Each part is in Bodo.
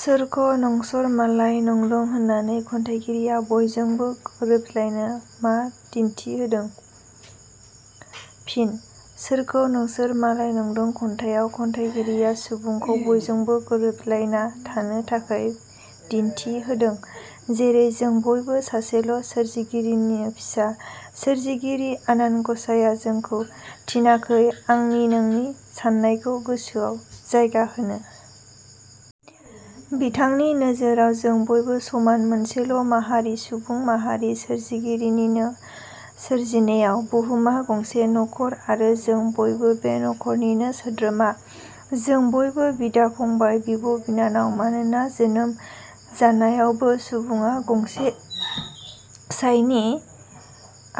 सरखौ नंसर मालाय नंद" होन्नानै खन्थाइगिरिया बयजोंबो गोरोबज्लायनो मा दिन्थि होदों? फिन: "सरखौ नंसोर मालाय नंदं" खन्थाइयाव खन्थाइगिरिया सुबुंखौ बयजोंबो गोरोबज्लायना थानो थाखै दिन्थि होदों। जेरै- जों बयबो सासेल' सोरजिगिरिनि फिसा। सोरजिगिरि आनान ग 'साइआ जोंखौ थिनाखै आंनि नोंनि सान्नायखौ गोसोआव जायगा होनो। बिथांनि नोजोराव जों बयबो समान मोनसेल' माहारि-सुबुं माहारि। सोरजिगिरिनिनो सोरजिनायाव बुहुमा गंसे नख'र आरो जों बयबो बे नख 'रनि सोद्रोमा। जों बयबो बिदा-फंबाय, बिंब' बिनानाव। मानोना, जोनोम जानायावबो सुबुंआ गं 'साइनि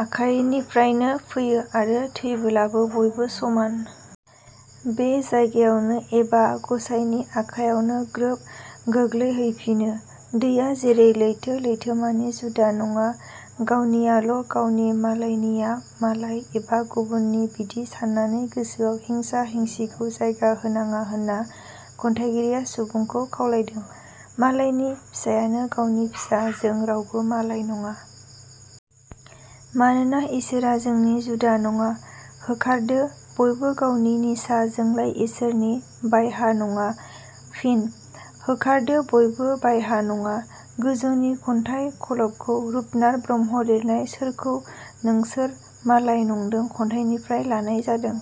आखायनिफ्रायनो फैयो आरो थैबोलाबो बयबो समान। बे जायगायावनो एबा ग 'साइनि आखायावनो ग्रोब गोग्लैहैफिनो। दैया जेरै लैथो-लैथोमानि जुदा नडा। गावनियाल' गावनि, मालायनिया मालाय एबा गुबुननि बिदि सान्नानै गोसोआव हिंसा-हिंसिखौ जायगा होनाडा होन्ना खन्थाइगिरिया सुबुंखौ खावलायदों। मालायनि फिसायानो गावनि फिसा, जों रावबो मालाय नङा। मानोना इसोरआ जोंनि जुदा नङा। होखारदो बयबो गावनि निसा जोंलाय इसोरनि बाइह्रा नङा। फिन: "होखारदो बयबो……. बाइह्रा नङा। " गोजौनि खन्थाइ खल 'बखौ रुपनाथ ब्रह्म लिरनाय "सोरखौ नोंसोर मालाय नंदों" खन्थाइनिफ्राय लानाय जादों।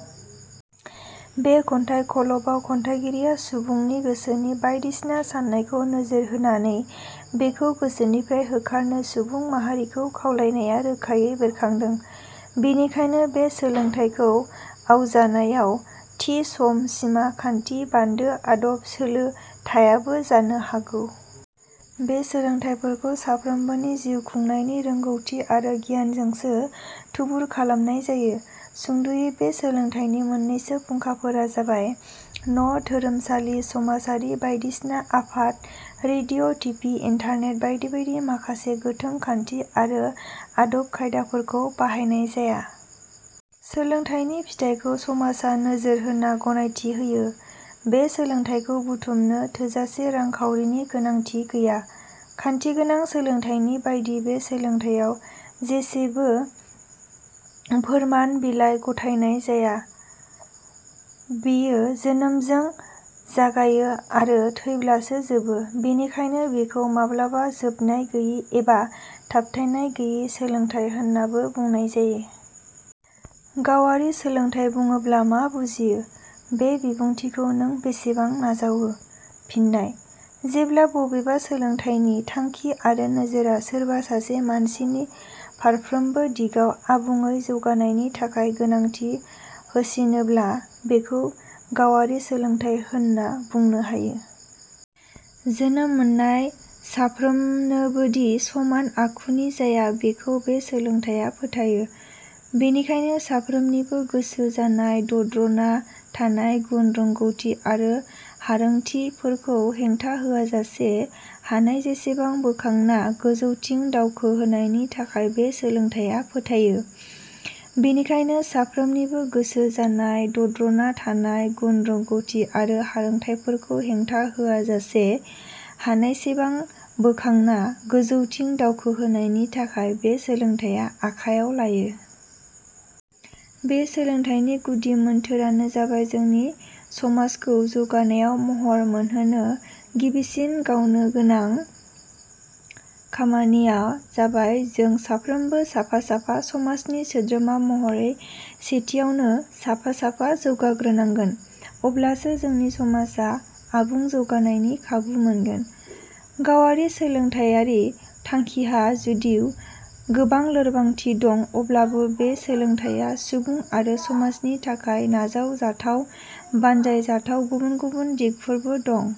बे खन्थाइ खल 'बाव खन्थाइगिरिया सुबुंनि गोसोनि बायदिसिना सान्नायखौ नोजोर होन्नानै बेखौ गोसोनिफ्राय होखारनो सुबुं माहारिखौ खावलायनाया रोखायै बेरखांदों। बेनिखायनो बे सोलोंथाइखौ आवजानायाव थि सम -सिमा, खान्थि -बान्दो, आदब – सोलो थायाबो जानो हागौ। बे सोलोंथाइखौ सानफ्रोमबोनि जिउ खुंनायनि रोंगौथि आरो गियानजोंसो थुबुर खालामनाय जायो। गुसुंङै बे सोलोंथाइनि मोननैसो फुंखाफोरा जाबाय न',धोरोमसालि समाजारि बायदिसिना आफाद ,रेडिअ', टिभि, इन्टारनेट बायदि बायदि। माखासे गोथों खान्थि आरो आदब खायदाफोरखौ बाहायनाय जाया। सोलोंथाइनि फिथाइखौ समाजा नोजोर होना गनायथि होयो। बे सोलोंथाइखौ बुथुमनो थोजासे रां खाउरिनि गोनांथि गैया। खान्थिगोनां सोलोंथाइनि बादि बे बिथिंङाव जेबो फोरमान बिलाइ गथायनाय जाया। बेयो जोनोमजों जागायो आरो थैब्लासो जोंबो बेनिखाइनो बेखौ माब्लाबा जोबनाय गैयि एबा थाबथानाय गैयि सोलोंथाइ होननाबो बुंनाय जायो। गावारि सोलोंथाइ बुङोब्ला मा बुजियो? बे बिबुंथिखौ नों बेसेबां नाजावो? फिननाय: जेब्ला बबेबा सोलोंथाइनि थांखि आरो नोजोरा सोरबा सासे मानसिनि फारफ्रोमबो दिगाव आबुंङै जौगानायनि थाखाय गोनांथि होसिनोब्ला, बेखौ गावारि सोलोंथाइ होनना बुंनो हायो। जोनोम मोननाय साफ्रोमनोबोदि समान आखुनि जाया बेखौ बे सोलोंथाइया फोथायो। बेनिखायनो साफ्रोमनिबो गोसो जानाय, दद्र'ना थानाय गुन रोंगौथि आरो हारोंथि फोरखौ हेंथा होयाजासे हानायसेबां बोखांना गोजौथिं दावखो होनायनि थाखाय बे सोलोंथाइया फोथायो। बेनिखायनो साफ्रोमनिबो गोसो जानाय, दद्र'ना थानाय गुन रोंगौथि आरो हारोंथिफोरखौ हेंथा होआ जासे हानायसेबां बोखांना गोजौथिं दावखो होनायनि थाखाय बे सोलोंथाइया आखाइयाव लायो। बे सोलोंथाइनि गुदि मोन्थोरानो जाबाय जोंनि समाजखौ जौगानाय महर मोनहोनो गिबिसिन गावनो गोनां खामानिया जाबाय जों साफ्रोमबो साफा-साफा समाजनि सोद्रोमा महरै सेथियावनो साफा-साफा जौगाग्रोनांगोन, अब्लासो जोंनि समाजा आबुं जौगानायनि खाबु मोनगोन। गावारि सोलोंथायारि थांखिहा जुदिउ गोबां लोरबांथि दं अब्लाबो बे सोलोंथाइया सुबुं आरो समाजनि थाखाय नाजाव जाथाव, बानजाय जाथाव गुबुन-गुबुन दिगफोरबो दं।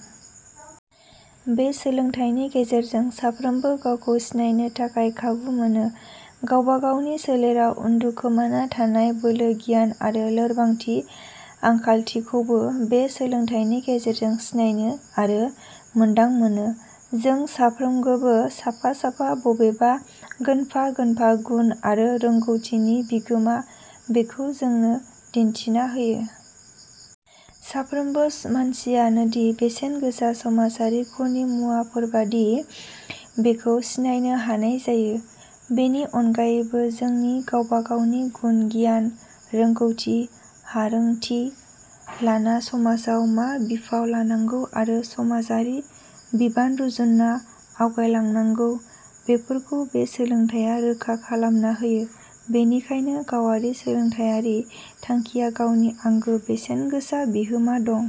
बे सोलोंथाइनि गेजेरजों साफ्रोमबो गावखौ सिनायनो थाखाय खाबु मोनो। गावबा-गावनि सोलेराव उनदुखोमाना थानाय बोलो-गियान आरो लोरबांथि-आंखालथिफोरखौ बे सोलोंथाइनि गेजेरजों सिनायनो आरो मोन्दांमोनो। जों साफ्रोगबो साफा-साफा बबेबा गोनफा- गोनफा गुन आरो रोंगौथिनि बिगोमा बेखौ जोंनो दिन्थिना होयो। साफ्रोमबो मानसिया नोदि बेसेन गोसा समाजारि ख'नि मुवा फोरबादि बेखौ सिनायनो हानाय जायो। बेनि अनगायैबो जोंनि गावबा-गावनि गुन-गियान, रोगौथि- हारोंथिखौ लाना समाजाव मा बिफाव होनांगौ आरो समाजारि बिबान रुजुना आवगायलांनांगौ बेफोरखौ बे सोलोंथाइया रोखा-खालामना होयो। बेनिखायनो गावारि सोलोंथाइयारि थांखिया गावनि आंगो बेसेनगोसा बिहोमा दं।